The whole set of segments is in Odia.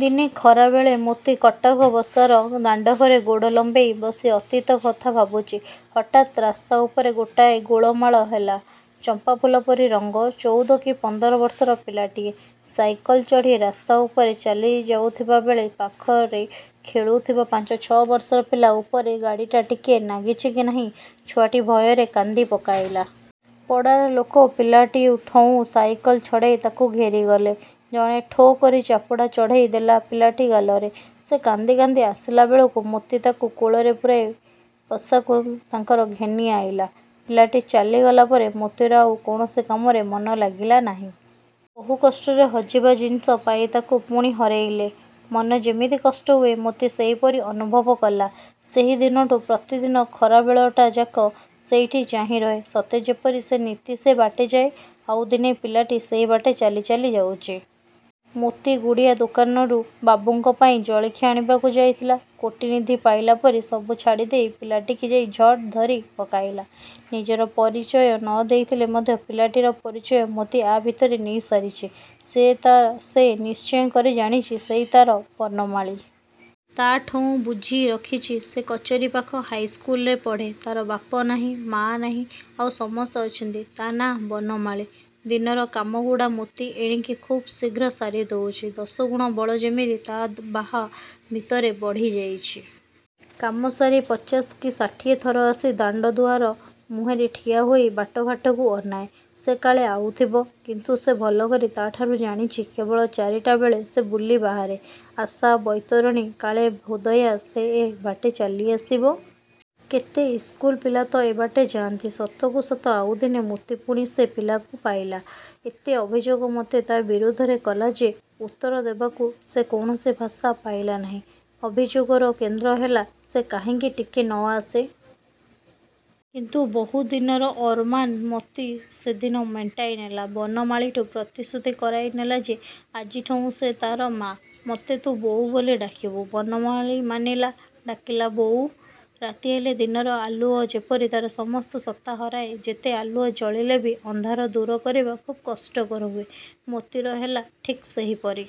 ଦିନେ ଖରାବେଳେ ମୋତି କଟକ ବସର ଦାଣ୍ଡଘରେ ଗୋଡ଼ ଲମ୍ବେଇ ବସି ଅତୀତ କଥା ଭାବୁଚି–ହଠାତ୍ ରାସ୍ତା ଉପରେ ଗୋଟାଏ ଗୋଳମାଳ ହେଲା। ଚମ୍ପାଫୁଲ ପରି ରଙ୍ଗ, ଚଉଦ କି ପନ୍ଦର ବର୍ଷର ପିଲାଟିଏ। ସାଇକଲ ଚଢ଼ି ରସ୍ତାଉପରେ ଚାଲି ଯାଉଥିଲାବେଳେ ପାଖରେ ଖେଳୁଥିବା ପାଞ୍ଚ ଛ ବର୍ଷର ପିଲା ଉପରେ ଗାଡ଼ିଟା ଟିକେ ନାଗିଛି କି ନାହିଁ; ଛୁଆଟି ଭୟରେ କାନ୍ଦି ପକାଇଲା। ପଡ଼ା ଲୋକ ପିଲାଟି ଉଠଉଁ ସାଇକଲ ଛଡ଼େଇ ତାକୁ ଘେରି ଗଲେ। ଜଣେ ଠୋ କରି ଚାପୁଡ଼ା ଚଢ଼େଇ ଦେଲା ପିଲାଟି ଗାଲରେ। ସେ କାନ୍ଦି କାନ୍ଦି ଆସିଲାବେଳକୁ ମୋତି ତାକୁ କୋଳରେ ପୂରେଇ ବସାକୁ ତାଙ୍କର ଘେନି ଆଇଲା। ପିଲାଟି ଚାଲିଗଲା ପରେ ମୋତିର ଆଉ କୌଣସି କାମରେ ମନ ଲାଗିଲା ନାହିଁ। ବହୁ କଷ୍ଟରେ ହଜିବା ଜିନିଷ ପାଇ ତାକୁ ପୁଣି ହରେଇଲେ, ମନ ଯେମିତି କଷ୍ଟ ହୁଏ; ମୋତି ସେହିପରି ଅନୁଭବ କଲା। ସେହିଦିନଠୁ ପ୍ରତିଦିନ ଖରାବେଳଟାଯାକ ସେଇଠି ଚାହିଁରହେ ସତେ ଯେପରି ସେ ନିତି ସେ ବାଟେ ଯାଏ। ଆଉ ଦିନେ ପିଲାଟି ସେହିବାଟେ ଚାଲି ଚାଲି ଯାଉଚି। ମୋତି ଗୁଡ଼ିଆ ଦୋକାନରୁ ବାବୁଙ୍କ ପାଇଁ ଜଳଖିଆ ଆଣିବାକୁ ଯାଇଥିଲା। କୋଟିନିଧି ପାଇଲା ପରି ସବୁ ଛାଡ଼ିଦେଇ ପିଲାଟିକି ଯାଇଁ ଝଟ୍ ଧରି ପକାଇଲା। ନିଜର ପରିଚୟ ନ ଦେଇଥିଲେ ମଧ୍ୟ ପିଲାଟିର ପରିଚୟ ମୋତି ଆ' ଭିତରେ ନେଇ ସାରିଚି। ସେ ତା ସେ ନିଶ୍ଚୟ କରି ଜାଣିଚି, ସେଇ ତାର ବନମାଳି। ତା ଠୁଁ ବୁଝି, ରଖିଛି ସେ କଚେରି ପାଖ ହାଇସ୍କୁଲରେ ପଢ଼େ। ତାର ବାପ ନାହିଁ, ମା ନାହିଁ। ଆଉ ସମସ୍ତେ ଅଛନ୍ତି–ତା ନାଁ ବନମାଳି-। ଦିନର କାମଗୁଡ଼ା ମୋତି ଏଣିକି ଖୁବ୍ ଶୀଘ୍ର ସାରି ଦଉଚି। ଦଶଗୁଣ ବଳ ଯେମିତି ତା ବାହା ଭିତରେ ବଢ଼ି ଯାଇଛି। କାମ ସାରି ପଚାଶ କି ଷାଠିଏ ଥର ଆସି ଦାଣ୍ଡ ଦୁଆର ମୁହଁରେ ଠିଆ ହୋଇ ବାଟଘାଟକୁ ଅନାଏ–ସେ କାଳେ ଆଉଥିବ। କିନ୍ତୁ ସେ ଭଲ କରି ତା'ଠାରୁ ଜାଣିଚି, କେବଳ ଚାରିଟାବେଳେ ସେ ବୁଲି ବାହାରେ। ଆଶା ବୈତରଣୀ, କାଳେ ଭୋଦୟା ସେ ଏ ବାଟେ ଚାଲିଆସିବ। କେତେ ଇସ୍କୁଲ ପିଲା ତ ଏ ବାଟେ ଯାଆନ୍ତି। ସତକୁସତ ଆଉ ଦିନେ ମୋତି ପୁଣି ସେ ପିଲାକୁ ପାଇଲା। ଏତେ ଅଭିଯୋଗ ମୋତେ ତା ବିରୁଦ୍ଧରେ କଲା ଯେ ଉତ୍ତର ଦେବାକୁ ସେ କୌଣସି ଭାଷା ପାଇଲା ନାହିଁ। ଅଭିଯୋଗର କେନ୍ଦ୍ର ହେଲା–ସେ କାହିଁକି ଟିକେ ନ ଆସେ। କିନ୍ତୁ ବହୁ ଦିନର ଓରମାନ ମୋତି ସେଦିନ ମେଣ୍ଟାଇ ନେଲା। ବନମାଳିଠୁ ପ୍ରତିଶ୍ରୁତି କରାଇ ନେଲା ଯେ ଆଜିଠୁଁ ସେ ତାର 'ମା'। "ମୋତେ ତୁ ବୋଉ ବୋଲି ଡାକିବୁ। " ବନମାଳି ମାନିଲା, ଡାକିଲା–'ବୋଉ। " ରାତି ହେଲେ ଦିନର ଆଲୁଅ ଯେପରି ତାର ସମସ୍ତ ସତ୍ତା ହରାଏ, ଯେତେ ଆଲୁଅ ଜଳିଲେ ବି ଅନ୍ଧାର ଦୂର କରିବା ଖୁବ୍ କଷ୍ଟକର ହୁଏ, ମୋତିର ହେଲା ଠିକ୍ ସେହିପରି।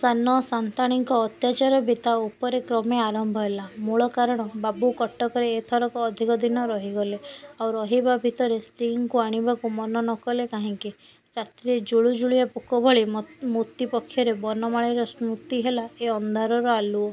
ସାନ ସାନ୍ତାଣିଙ୍କ ଅତ୍ୟାଚାର ବି ତା ଉପରେ କ୍ରମେ ଆରମ୍ଭ ହେଲା। –ମୂଳ କାରଣ, ବାବୁ କଟକରେ ଏ ଥରକ ଅଧିକ ଦିନ ରହିଗଲେ–ଆଉ ରହିବା ଭିତରେ ସ୍ତ୍ରୀଙ୍କୁ ଆଣିବାକୁ ମନ ନ କଲେ କାହିଁକି। ରାତିରେ ଜୁଳୁଜୁଳିଆ ପୋକ ଭଳି ମ ମୋତି ପକ୍ଷରେ ବନମାଳିର ସ୍ମୃତି ହେଲା ଏ ଅନ୍ଧାରରେ ଆଲୁଅ;